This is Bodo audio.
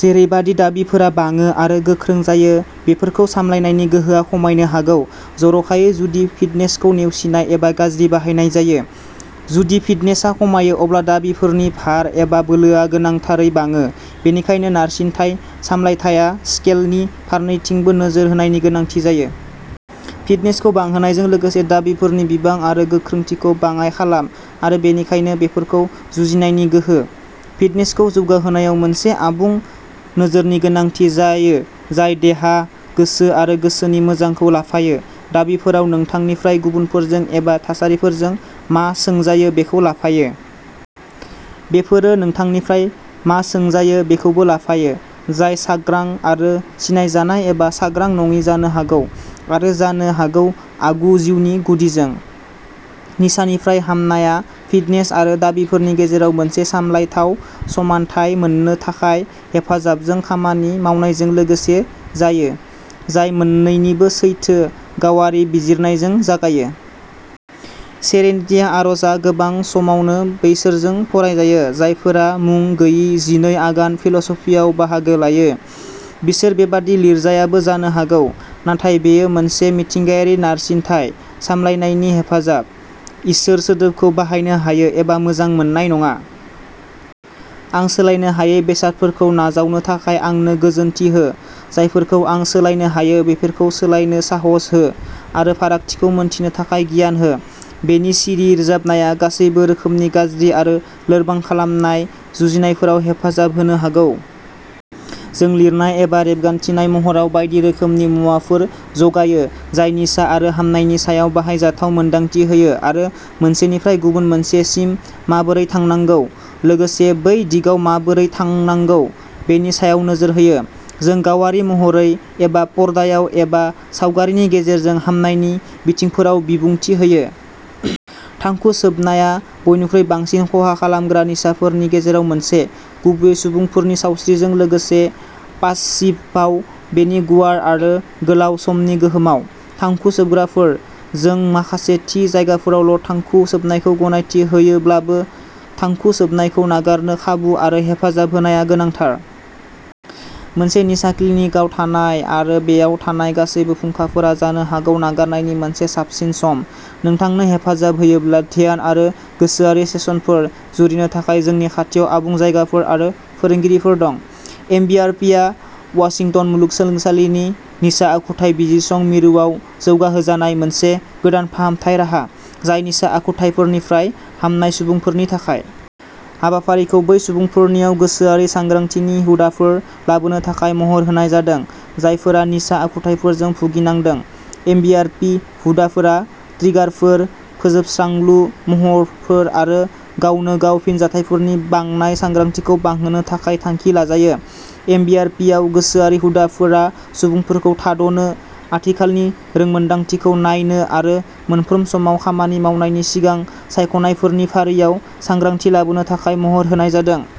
जेरैबादि दाबिफोरा बाङो आरो गोख्रों जायो, बेफोरखौ सामलायनायनि गोहोआ खमायनो हागौ, जर'खायै जुदि फिटनेसखौ नेवसिनाय एबा गाज्रि बाहायनाय जायो। जुदि फिटनेसआ खमायो, अब्ला दाबिफोरनि भार एबा बोलोआ गोनांथारै बाङो। बेनिखायनो नारसिनथाय सामलायथाया स्केलनि फारनैथिंबो नोजोर होनायनि गोनांथि जायो। फिटनेसखौ बांहोनायजों लोगोसे दाबिफोरनि बिबां आरो गोख्रोंथिखौ बाङाइ खालाम आरो बेनिखायनो बेफोरखौ जुजिनायनि गोहो। फिटनेसखौ जौगाहोनायाव मोनसे आबुं नोजोरनि गोनांथि जायो जाय देहा, गोसो आरो गोसोनि मोजांखौ लाफायो। दाबिफोराव नोंथांनिफ्राय गुबुनफोरजों एबा थासारिफोरजों मा सोंजायो बेखौ लाफायो। बेफोरो नोंथांनिफ्राय मा सोंजायो बेखौबो लाफायो, जाय सांग्रां आरो सिनायजानाय एबा सांग्रां नङि जानो हागौ आरो जानो हागौ आगु जिउनि गुदिजों। निसानिफ्राय हामनाया फिटनेस आरो दाबिफोरनि गेजेराव मोनसे सामलायथाव समानथाय मोन्नो थाखाय हेफाजाबजों खामानि मावनायजों लोगोसे जायो, जाय मोन्नैनिबो सैथो गावारि बिजिरनायजों जागायो। सेरेनिटी आरजआ गोबां समावनो बैसोरजों फरायजायो। जायफोरा मुं गोयि जिनै आगान फेल'शिपआव बाहागो लायो, बिसोर बेबादि लिरजायाबो जानो हागौ, नाथाय बेयो मोनसे मिथिंगायारि नारसिनथाय सामलायनायनि हेफाजाब। इसोर सोदोबखौ बाहायनो हायो एबा मोजां मोननाय नङा। आं सोलायनो हायै बेसादफोरखौ नाजावनो थाखाय आंनो गोजोनथि हो, जायफोरखौ आं सोलायनो हायो बेफोरखौ सोलायनो साहस हो आरो फारागथिखौ मिन्थिनो थाखाय गियान हो। बेनि सिरि रोजाबनाया गासैबो रोखोमनि गाज्रि आरो लोरबां खालामनाय जुजिनायफोराव हेफाजाब होनो हागौ। जों लिरनाय एबा रेबगान्थिनाय महराव बायदि रोखोमनि मुवाफोर जगायो जाय निसा आरो हामनायनि सायाव बाहायजाथाव मोनदांथि होयो आरो मोनसेनिफ्राय गुबुन मोनसेसिम माबोरै थांनांगौ, लोगोसे बै दिगाव माबोरै थांनांगौ बेनि सायाव नोजोर होयो। जों गावारि महरै एबा पर्दायाव एबा सावगारिनि गेजेरजों हामनायनि बिथिंफोराव बिबुंथि होयो। थांखु सोबनाया बयनिख्रुइ बांसिन खहा खालामग्रा निसाफोरनि गेजेराव मोनसे, गुबैयै सुबुंफोरनि सावस्रिजों लोगोसे पासिभआव बेनि गुवार आरो गोलाव समनि गोहोमआव। थांखु सोबग्राफोर जों माखासे थि जायगाफोरावल' थांखु सोबनायखौ गनायथि होयोब्लाबो, थांखु सोबनायखौ नागारनो खाबु आरो हेफाजाब होनाया गोनांथार। मोनसे निसा क्लिनिकआव थानाय आरो बेयाव थानाय गासैबो फुंखाफोरा जानो हागौ नागारनायनि मोनसे साबसिन सम। नोंथांनो हेफाजाब होयोब्ला ध्यान आरो गोसोआरि सेसनफोर जुरिनो थाखाय जोंनि खाथियाव आबुं जायगाफोर आरो फोरोंगिरिफोर दं। एमबिआरपिआ वाशिंटन मुलुगसोलोंसालिनि निसा आखुथाय बिजिरसं मिरुआव जौगाहोजानाय मोनसे गोदान फाहामथाय राहा, जाय निसा आखुथायफोरनिफ्राय हामनाय सुबुंफोरनि थाखाय। हाबाफारिखौ बै सुबुंफोरनियाव गोसोआरि सांग्रांथिनि हुदाफोर लाबोनो थाखाय महर होनाय जादों जायफोरा निसा आखुथायफोरजों भुगिनांदों। एमबिआरपि हुदाफोरा ट्रिगारफोर, फोजोबस्रांलु महरफोर आरो गावनो गाव फिनजाथायफोरनि बांनाय सांग्रांथिखौ बांहोनो थाखाय थांखि लाजायो। एमबिआरपिआव गोसोआरि हुदाफोरा सुबुंफोरखौ थाद'नो, आथिखालनि रोंमोनदांथिखौ नायनो आरो मोनफ्रोम समाव खामानि मावनायनि सिगां सायख'नायफोरनि फारियाव सांग्रांथि लाबोनो थाखाय महर होनाय जादों।